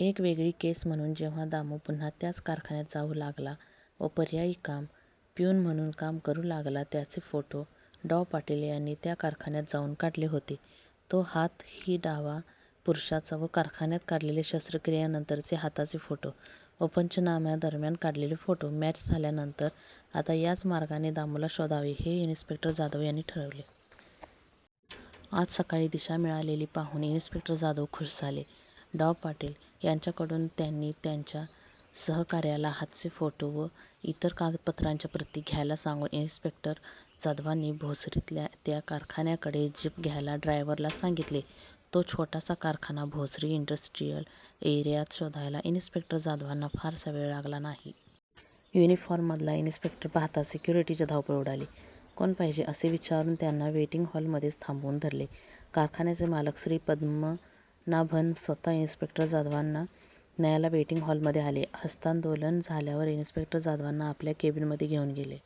एक वेगळी केस म्हणुन जेव्हा दामु पुन्हा त्याच कारखान्यात जाऊ लागला, व पर्यायी काम प्युन म्हणुन काम करु लागला त्याचे फोटो डॉ. पाटील यांनी त्या कारखान्यात जाऊन काढले होते. " तो हात " ही डावा, पुरूषाचा व कारखान्यात काढलेले शस्त्रक्रियेनंतरचे हाताचे फोटो व पंचनाम्यादरम्यान काढलेले फोटॉ मॅच झाल्यानंतर आता याच मार्गाने दामुला शोधावे हे इन्सपेक्टर जाधव यांनी ठरवले. आज सकाळी दिशा मिळालेली पाहुन इन्सपेक्टर जाधव खुष झाले. डॉ. पाटील यांच्याकडुन त्यांनी त्यांच्या सहकार्याला हातचे फोटो व इतर कागदपत्रांच्या प्रती घ्यायला सांगुन इन्सपेक्टर जाधवांनी भोसरीतल्या त्या कारखान्याकडे जीप घ्यायला ड्रायव्हरला सांगीतले. तो छोटासा कारखाना भोसरी इंडस्ट्रीयल एरीयात शोधायला इन्सपेक्टर जाधवांना फारसा वेळ लागला नाही. युनीफार्ममधला इन्सपेक्टर पहाताच सिक्युरीटीची धावपळ उडाली. कोण पाहिजे असे विचारुन त्यांना वेटींग हॉल मध्येच थांबवुन धरले. कारखान्याचे मालक श्री पद्मनाभन स्वतः इन्सपेक्टर जाधवांना न्यायला वेटींग हॉलमधे आले. ह्स्तांदोलन झाल्यावर इन्सपेक्टर जाधवांना आपल्या केबीनमध्ये घेऊन गेले.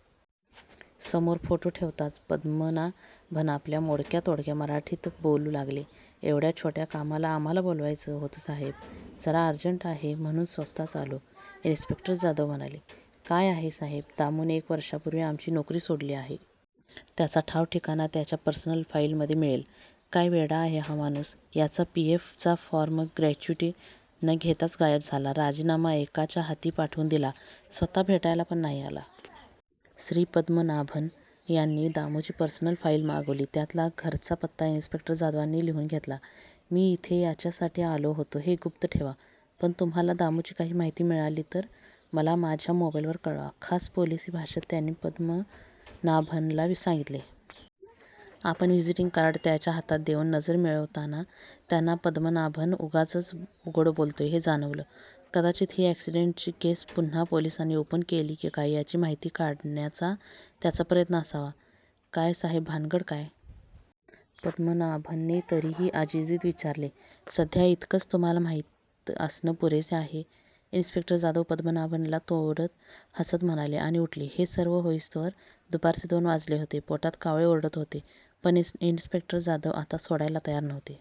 समोर फोटो ठेवताच पद्मनाभन आपल्या मोडक्या तोडक्या मराठीत बोलु लागले " येव्हड्या छोट्या कामाला आम्हाला बोलवयच होत साहेब". "जरा अर्जंट आहे म्हणुन स्वतःच आलो "इन्सपेक्टर जाधव म्हणाले. " काय आहे साहेब दामु ने एक वर्षापुर्वी आमची नोकरी सोडली आहे. त्याचा ठाव ठिकाणा त्याच्या पर्सनल फाईल मधे मिळेल. काय वेडा आहे हा माणुस. याचा पी. एफ. चा फॉर्म, ग्रॅच्युटी न घेताच गायब झाला. राजीनामा एकाच्या हाती पाठवुन दिला. स्वतः भेटायला पण नाही आला. श्री. पद्मनाभन यांनी दामुची पर्सनल फाईल मागवली. त्यातला घरचा पत्ता इन्सपेक्टर जाधवांनी लिहुन घेतला. "मी इथे याच्यासाठी आलो होतो हे गुप्त ठेवा पण तुम्हाला दामुची काही माहिती मिळालीतर मला माझ्या मोबाईलवर कळवा. " खास पोलीसी भाषेत त्यांनी पद्मनाभनला सांगीतले. आपल व्हिजीटींग कार्ड त्याच्या हातात देऊन नजर मिळवताना त्यांना पदमनाभन उगाचच गोड बोलतोय हे जाणवल. कदाचीत ही ॲक्सीडेंट्ची केस पुन्हा पोलीसांनी ओपन केली की काय याची माहिती काढण्याचा त्याचा प्रयत्न असावा "काय साहेब भानगड काय?" पद्मनाभन ने तरीही अजिजीत विचारले. "सध्या इतकच तुम्हाला माहित असण पुरेसे आहे" इन्सपेक्टर जाधव पद्मनाभनला तोडत हसत म्हणाले आणि उठले. हे सर्व होईस्त्वर दुपारचे दोन वाजले होते. पोटात कावळे ओरडत होते पण इन्सपेक्टर जाधव आता सोडायला तयार नव्हते.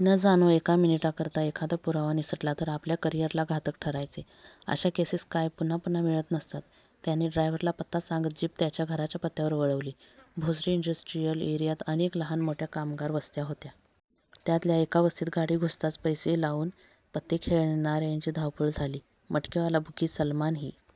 न जाणो एका मिनीटाकरता एखादा पुरावा निसटला तर आपल्या करीयरला घातक ठरायचे. अश्या केसेस काय पुन्हा पुन्हा मिळत नसतात. त्यांनी ड्रायव्हरला पत्ता सांगत जीप त्याच्या घराच्या पत्यावर वळवली. भोसरी इंडस्ट्रीयल एरीयात अनेक लहान मोठ्या कामगार वस्त्या होत्या. त्यातल्या एका वस्तीत गाडी घुसताच पैसे लाऊन पत्ते खेळणार्यांची धावपळ झाली. मटकेवाला बुकी सलमान ही